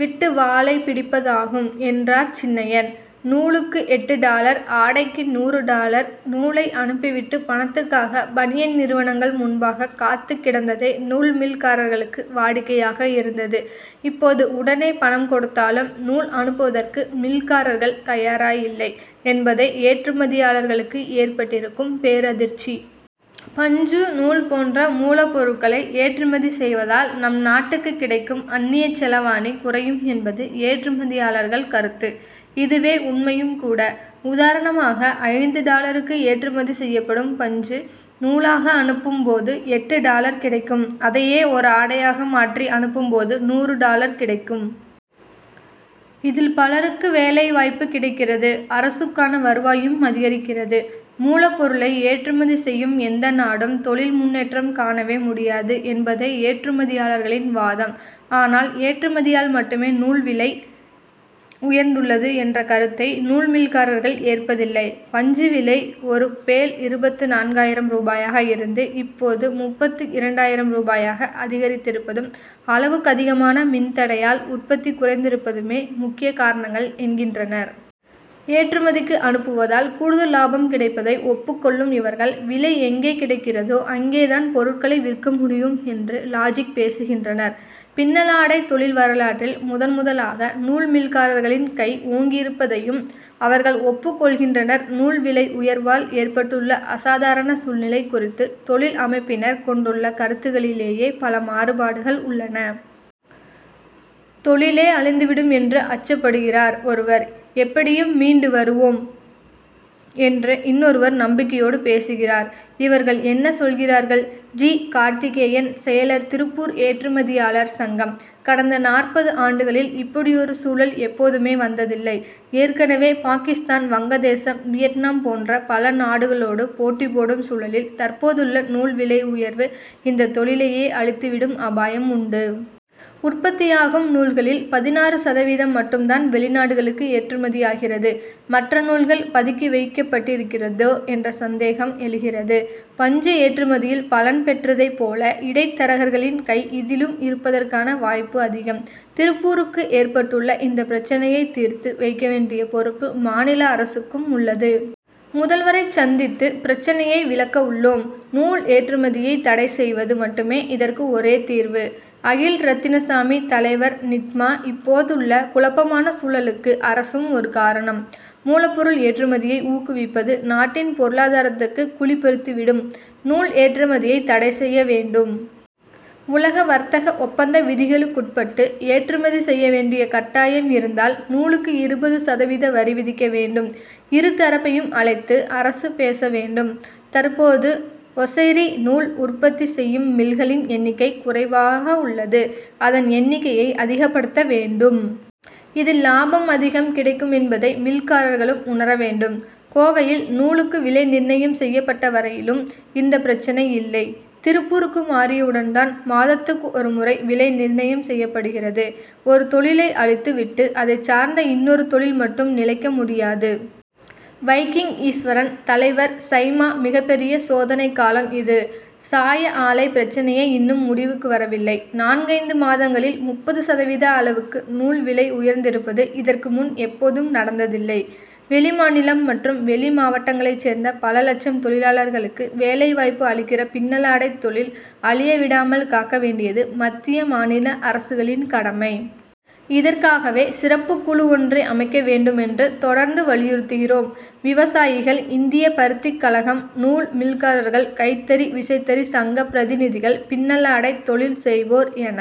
விட்டு வாலை பிடிப்பதாகும், என்றார் சின்னையன். நூலுக்கு எட்டு டாலர்; ஆடைக்கு நூறு டாலர்! நூலை அனுப்பி விட்டு, பணத்துக்காக பனியன் நிறுவனங்கள் முன்பாக காத்துக் கிடந்ததே நூல் மில்காரர்களுக்கு வாடிக்கையாக இருந்தது. இப்போது, உடனே பணம் கொடுத்தாலும், நூல் அனுப்புவதற்கு மில்காரர்கள் தயாராயில்லை என்பதே ஏற்றுமதியாளர்களுக்கு ஏற்பட்டிருக்கும் பேரதிர்ச்சி. பஞ்சு, நூல் போன்ற மூலப்பொருட்களை ஏற்றுமதி செய்வதால், நம் நாட்டுக்குக் கிடைக்கும் அந்நியச் செலாவணி குறையும் என்பது ஏற்றுமதியாளர்கள் கருத்து. இதுவே, உண்மையும் கூட. உதாரணமாக, ஐந்து டாலருக்கு ஏற்றுமதி செய்யப்படும் பஞ்சு, நூலாக அனுப்பும் போது எட்டு டாலர் கிடைக்கும். அதையே, ஓர் ஆடையாக மாற்றி அனுப்பும்போது, நூறு டாலர் கிடைக்கும். இதில், பலருக்கு வேலை வாய்ப்பு கிடைக்கிறது. அரசுக்கான வருவாயும் அதிகரிக்கிறது. மூலப்பொருளை ஏற்றுமதி செய்யும் எந்த நாடும், தொழில் முன்னேற்றம் காணவே முடியாது என்பதே ஏற்றுமதியாளர்களின் வாதம். ஆனால், ஏற்றுமதியால் மட்டுமே நூல் விலை உயர்ந்துள்ளது என்ற கருத்தை, நூல் மில்காரர்கள் ஏற்பதில்லை. பஞ்சு விலை ஒரு பேல் இருபத்து நான்காயிரம் ரூபாயாக இருந்து, இப்போது முப்பத்து இரண்டாயிரம் ரூபாயாக அதிகரித்திருப்பதும், அளவுக்கு அதிகமான மின் தடையால் உற்பத்தி குறைந்திருப்பதுமே முக்கிய காரணங்கள் என்கின்றனர். ஏற்றுமதிக்கு அனுப்புவதால் கூடுதல் லாபம் கிடைப்பதை ஒப்புக் கொள்ளும் இவர்கள், விலை எங்கே கிடைக்கிறதோ, அங்கேதான் பொருட்களை விற்க முடியும் என்று லாஜிக் பேசுகின்றனர். பின்னலாடை தொழில் வரலாற்றில் முதல் முதலாக நூல் மில்காரர்களின் கை ஓங்கியிருப்பதையும் அவர்கள் ஒப்புக் கொள்கின்றனர்நூல் விலை உயர்வால் ஏற்பட்டுள்ள அசாதாரண சூழ்நிலை குறித்து, தொழில் அமைப்பினர் கொண்டுள்ள கருத்துக்களிலேயே பல மாறுபாடுகள் உள்ளன. தொழிலே அழிந்து விடும் என்று அச்சப்படுகிறார் ஒருவர்; எப்படியும் மீண்டு வருவோம் என்று இன்னொருவர் நம்பிக்கையோடு பேசுகிறார். இவர்கள் என்ன சொல்கிறார்கள்? ஜி. கார்த்திகேயன், செயலர், திருப்பூர் ஏற்றுமதியாளர் சங்கம்: கடந்த நாற்பது ஆண்டுகளில் இப்படியொரு சூழல் எப்போதுமே வந்ததில்லை. ஏற்கனவே, பாகிஸ்தான், வங்கதேசம், வியட்நாம் போன்ற பல நாடுகளோடு போட்டி போடும் சூழலில், தற்போதுள்ள நூல் விலை உயர்வு, இந்த தொழிலையே அழித்துவிடும் அபாயம் உண்டு. உற்பத்தியாகும் நூல்களில் பதினாறு சதவீதம் மட்டும்தான், வெளிநாடுகளுக்கு ஏற்றுமதியாகிறது. மற்ற நூல்கள் பதுக்கி வைக்கப்பட்டிருக்கிறதோ என்ற சந்தேகம் எழுகிறது. பஞ்சு ஏற்றுமதியில் பலன் பெற்றதைப் போல இடைத்தரகர்களின் கை இதிலும் இருப்பதற்கான வாய்ப்பு அதிகம். திருப்பூருக்கு ஏற்பட்டுள்ள இந்த பிரச்னையைத் தீர்த்து வைக்க வேண்டிய பொறுப்பு, மாநில அரசுக்கும் உள்ளது. முதல்வரைச் சந்தித்து பிரச்னையை விளக்கவுள்ளோம். நூல் ஏற்றுமதியை தடை செய்வது மட்டுமே, இதற்கு ஒரே தீர்வு. அகில் ரத்தினசாமி, தலைவர், நிட்மா: இப்போதுள்ள குழப்பமான சூழலுக்கு அரசும் ஒரு காரணம். மூலப்பொருள் ஏற்றுமதியை ஊக்குவிப்பது, நாட்டின் பொருளாதாரத்துக்கு குழி பறித்து விடும். நூல் ஏற்றுமதியை தடை செய்ய வேண்டும். உலக வர்த்தக ஒப்பந்த விதிகளுக்குட்பட்டு, ஏற்றுமதி செய்ய வேண்டிய கட்டாயம் இருந்தால் நூலுக்கு இருபது சதவீத வரி விதிக்க வேண்டும். இரு தரப்பையும் அழைத்து அரசு பேச வேண்டும். தற்போது ஒசைரி நூல் உற்பத்தி செய்யும் மில்களின் எண்ணிக்கை குறைவாகவுள்ளது. அதன் எண்ணிக்கையை அதிகப்படுத்த வேண்டும். இதில் லாபம் அதிகம் கிடைக்குமென்பதை மில்காரர்களும் உணர வேண்டும். கோவையில் நூலுக்கு விலை நிர்ணயம் செய்யப்பட்ட வரையிலும், இந்த பிரச்னை இல்லை. திருப்பூருக்கு மாறியவுடன்தான், மாதத்துக்கு ஒரு முறை விலை நிர்ணயம் செய்யப்படுகிறது. ஒரு தொழிலை அழித்து விட்டு, அதைச் சார்ந்த இன்னொரு தொழில் மட்டும் நிலைக்க முடியாது. வைகிங் ஈஸ்வரன், தலைவர், சைமா மிகப்பெரிய சோதனைக்காலம் இது. சாய ஆலை பிரச்னையே இன்னும் முடிவுக்கு வரவில்லை. நான்கைந்து மாதங்களில் முப்பது சதவீத அளவுக்கு நூல் விலை உயர்ந்திருப்பது, இதற்கு முன் எப்போதும் நடந்ததில்லை. வெளிமாநிலம் மற்றும் வெளி மாவட்டங்களைச் சேர்ந்த பல லட்சம் தொழிலாளர்களுக்கு வேலை வாய்ப்பு அளிக்கிற பின்னலாடைத் தொழில் அழிய விடாமல் காக்க வேண்டியது மத்திய, மாநில அரசுகளின் கடமை. இதற்காகவே, சிறப்புக் குழு ஒன்றை அமைக்க வேண்டுமென்று தொடர்ந்து வலியுறுத்துகிறோம். விவசாயிகள், இந்திய பருத்திக் கழகம், நூல் மில்காரர்கள், கைத்தறி, விசைத்தறி சங்க பிரதிநிதிகள், பின்னலாடைத் தொழில் செய்வோர் என